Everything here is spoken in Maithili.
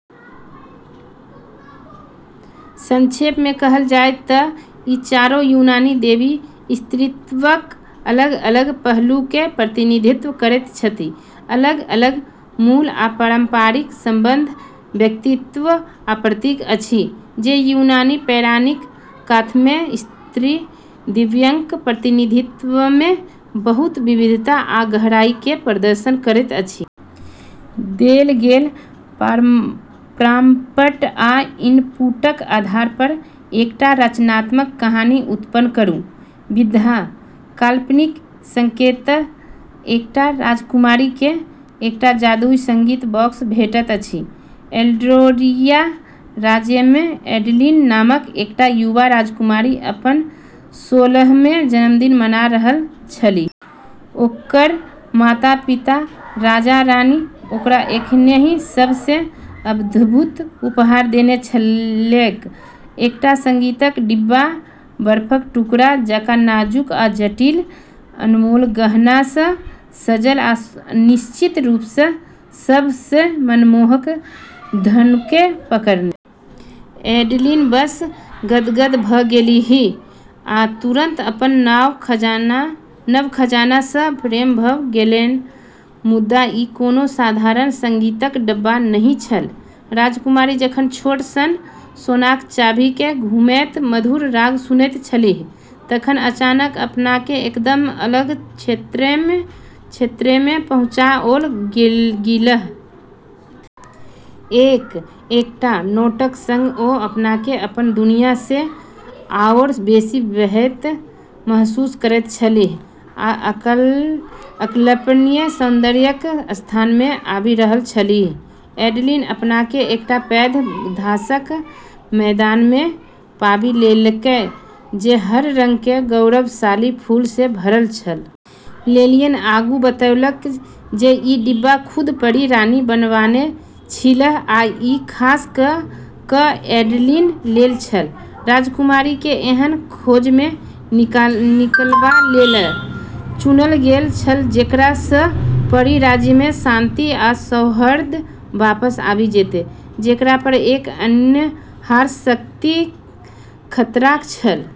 संक्षेपमे कहल जाय तँ ई चारो यूनानी देवी स्त्रीत्वक अलग-अलग पहलूक प्रतिनिधित्व करैत छथि, अलग-अलग मूल आ पारिवारिक संबंध, व्यक्तित्व आ प्रतीक अछि, जे यूनानी पौराणिक कथामे स्त्री दिव्यक प्रतिनिधित्वमे बहुत विविधता आ गहराईक प्रदर्शन करैत अछि। देल गेल प्रॉम्प्ट आ इनपुटक आधार पर एकटा रचनात्मक कहानी उत्पन्न करू। विधा: काल्पनिक संकेत: एकटा राजकुमारीकेँ एकटा जादुई संगीत बॉक्स भेटैत अछि। एल्डोरिया राज्यमे एडलिन नामक एकटा युवा राजकुमारी अपन सोलहम जन्मदिन मना रहल छलीह। ओकर माता-पिता राजा-रानी ओकरा एखनहि सभ सँ अद्भुत उपहार देने छलैक: एकटा संगीतक डिब्बा, बर्फक टुकड़ा जकाँ नाजुक आ जटिल, अनमोल गहना सँ सजल, आ निश्चित रूप सँ, सभ सँ मनमोहक धुनकेँ पकड़ने। एडलिन बस गदगद भ’ गेलीह आ तुरंत अपन नव खजाना सँ प्रेम भ’ गेलैन। मुदा ई कोनो साधारण संगीतक डिब्बा नहि छल। राजकुमारी जखन छोट सन सोनाक चाभीकेँ घुमैत मधुर राग सुनैत छलीह तखन अचानक अपनाकेँ एकदम अलग क्षेत्रमे पहुँचाओल गेलीह। एक-एकटा नोटक संग ओ अपनाकेँ अपन दुनिया सँ आओर बेसी बहैत महसूस करैत छलीह आ अकल्पनीय सौन्दर्यक स्थानमे आबि रहल छलीह। एडलिन अपनाकेँ एकटा पैघ घासक मैदानमे पाबि लेलकै, जे हर रंगक गौरवशाली फूल सँ भरल छल। लिलियन आगू बतौलक जे ई डिब्बा खुद परी रानी बनवाने छलीह आ ई खास क’ क’ एडलिन लेल छल। राजकुमारीकेँ एहन खोजमे निकलबा लेल चुनल गेल छल जेकरा सँ परी राज्यमे शांति आ सौहार्द वापस आबि जेतै, जेकरा पर एक अन्हार शक्तिक खतरा छल।